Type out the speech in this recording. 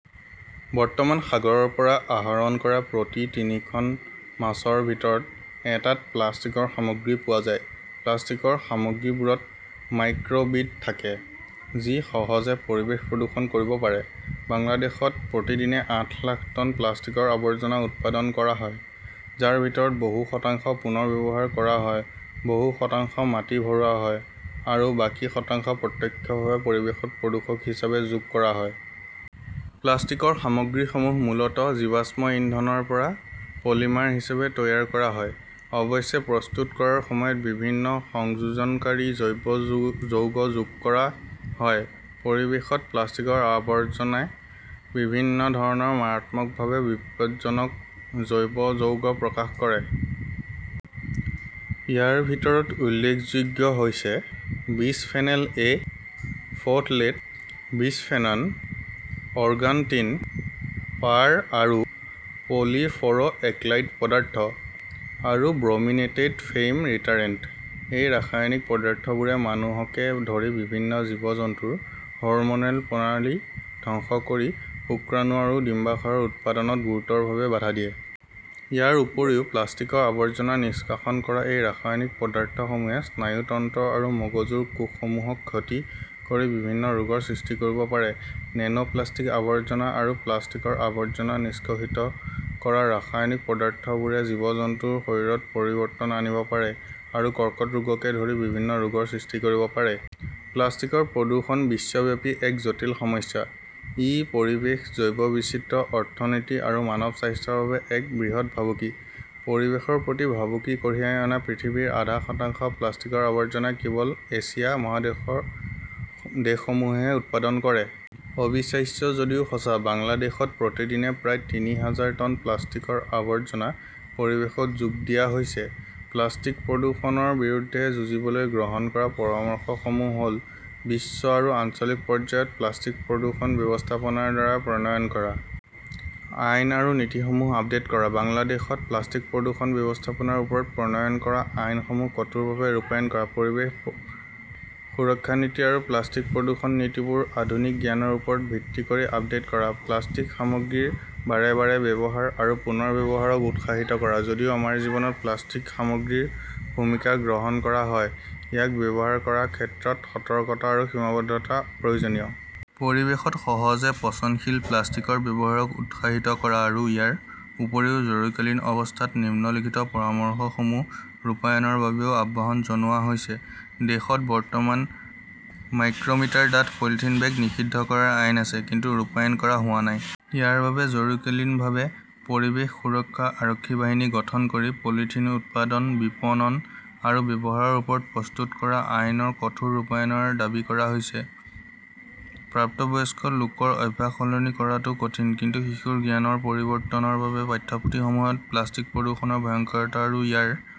বৰ্তমান সাগৰৰ পৰা আহৰণ কৰা প্ৰতি তিনিখন মাছৰ ভিতৰত এটাত প্লাষ্টিকৰ সামগ্ৰী পোৱা যায়। প্লাষ্টিকৰ সামগ্ৰীবোৰত মাইক্ৰ বিড থাকে, যি সহজে পৰিৱেশ প্ৰদূষণ কৰিব পাৰে। বাংলাদেশত প্ৰতিদিনে আঠ লাখ টন প্লাষ্টিকৰ আৱৰ্জনা উৎপাদন কৰা হয়, যাৰ ভিতৰত বহু শতাংশ পুনৰ্ব্যৱহাৰ কৰা হয়, বহু শতাংশ মাটি ভৰোৱা হয় আৰু বাকী শতাংশ প্ৰত্যক্ষভাৱে পৰিৱেশত প্ৰদূষক হিচাপে যোগ কৰা হয়। প্লাষ্টিকৰ সামগ্ৰীসমূহ মূলত জীৱাশ্ম ইন্ধন ৰ পৰা পলিমাৰ হিচাপে তৈয়াৰ কৰা হয়। অৱশ্যে, প্ৰস্তুত কৰাৰ সময়ত বিভিন্ন সংযোজনকাৰী জৈৱ যৌগ যোগ কৰা হয়। পৰিৱেশত প্লাষ্টিকৰ আৱৰ্জনে বিভিন্ন ধৰণৰ মাৰাত্মকভাৱে বিপদজনক জৈৱ যৌগ প্ৰকাশ কৰে। ইয়াৰ ভিতৰত উল্লেখযোগ্য হৈছে বিসফেনল-এ, ফোথলেট, বিসফেনন, অৰ্গান'টিন, পাৰ আৰু পলি ফ্ল'ৰ' এল্কাইল পদাৰ্থ আৰু ব্ৰোমিনেটেড ফেইম ৰিটাৰেণ্ট। এই ৰাসায়নিক পদাৰ্থবোৰে মানুহকে ধৰি বিভিন্ন জীৱ-জন্তুৰ হৰম'নেল প্ৰণালী ধ্বংস কৰি শুক্ৰাণু আৰু ডিম্বাশয়ৰ উৎপাদনত গুৰুতৰভাৱে বাধা দিয়ে। ইয়াৰ উপৰিও প্লাষ্টিকৰ আৱৰ্জনা নিষ্কাশন কৰা এই ৰাসায়নিক পদাৰ্থসমূহে স্নায়ুতন্ত্ৰ আৰু মগজুৰ কোষসমূহক ক্ষতি কৰি বিভিন্ন ৰোগৰ সৃষ্টি কৰিব পাৰে। নেনো প্লাষ্টিক আৱৰ্জনা আৰু প্লাষ্টিকৰ আৱৰ্জনা নিষ্কাশিত কৰা ৰাসায়নিক পদাৰ্থবোৰে জীৱ-জন্তুৰ শৰীৰত পৰিৱৰ্তন আনিব পাৰে আৰু কৰ্কট ৰোগকে ধৰি বিভিন্ন ৰোগৰ সৃষ্টি কৰিব পাৰে। প্লাষ্টিকৰ প্ৰদূষণ বিশ্বব্যাপী এক জটিল সমস্যা। ই পৰিৱেশ, জৈৱ বৈচিত্ৰ্য, অৰ্থনীতি আৰু মানৱ স্বাস্থ্যৰ বাবে এক বৃহৎ ভাবুকি। পৰিৱেশৰ প্ৰতি ভাবুকি কঢ়িয়াই অনা পৃথিৱীৰ আধা শতাংশ প্লাষ্টিকৰ আৱৰ্জনা কেৱল এছিয়া মহাদেশৰ দেশসমূহেহে উৎপাদন কৰে। অবিশ্বাস্য যদিও সঁচা, বাংলাদেশত প্ৰতিদিনে প্ৰায় তিনি হাজাৰ টন প্লাষ্টিকৰ আৱৰ্জনা পৰিৱেশত যোগ দিয়া হৈছে। প্লাষ্টিক প্ৰদূষণৰ বিৰুদ্ধে যুঁজিবলৈ গ্ৰহণ কৰা পৰামৰ্শসমূহ হ'ল বিশ্ব আৰু আঞ্চলিক পৰ্যায়ত প্লাষ্টিক প্ৰদূষণ ব্যৱস্থাপনাৰ দ্বাৰা প্ৰণয়ন কৰা আইন আৰু নীতিসমূহ আপডেট কৰা, বাংলাদেশত প্লাষ্টিক প্ৰদূষণ ব্যৱস্থাপনাৰ ওপৰত প্ৰণয়ন কৰা আইনসমূহ কঠোৰভাৱে ৰূপায়ণ কৰা, পৰিৱেশ সুৰক্ষা নীতি আৰু প্লাষ্টিক প্ৰদূষণ নীতিবোৰ আধুনিক জ্ঞানৰ ওপৰত ভিত্তি কৰি আপডেট কৰা, প্লাষ্টিক সামগ্ৰীৰ বাৰে বাৰে ব্যৱহাৰ আৰু পুনৰ্ব্যৱহাৰক উৎসাহিত কৰা, যদিও আমাৰ জীৱনত প্লাষ্টিক সামগ্ৰীৰ ভূমিকা গ্ৰহণ কৰা হয়, ইয়াক ব্যৱহাৰ কৰাৰ ক্ষেত্ৰত সতৰ্কতা আৰু সীমাবদ্ধতা প্ৰয়োজনীয়। পৰিৱেশত সহজে পচনশীল প্লাষ্টিকৰ ব্যৱহাৰক উৎসাহিত কৰা আৰু ইয়াৰ উপৰিও জৰুৰীকালীন অৱস্থাত নিম্নলিখিত পৰামৰ্শসমূহ ৰূপায়ণৰ বাবেও আহ্বান জনোৱা হৈছে। দেশত বৰ্তমান মাইক্ৰ'মিটাৰ ডাঠ পলিথিন বেগ নিষিদ্ধ কৰাৰ আইন আছে, কিন্তু ৰূপায়ণ কৰা হোৱা নাই। ইয়াৰ বাবে জৰুৰীকালীনভাৱে '"পৰিৱেশ সুৰক্ষা আৰক্ষী বাহিনী" গঠন কৰি পলিথিন উৎপাদন, বিপণন আৰু ব্যৱহাৰৰ ওপৰত প্ৰস্তুত কৰা আইনৰ কঠোৰ ৰূপায়ণৰ দাবী কৰা হৈছে । প্ৰাপ্তবয়স্ক লোকৰ অভ্যাস সলনি কৰাটো কঠিন, কিন্তু শিশুৰ জ্ঞানৰ পৰিৱৰ্তনৰ বাবে পাঠ্যপুথিসমূহত প্লাষ্টিক প্ৰদূষণৰ ভয়ংকৰতা আৰু ইয়াৰ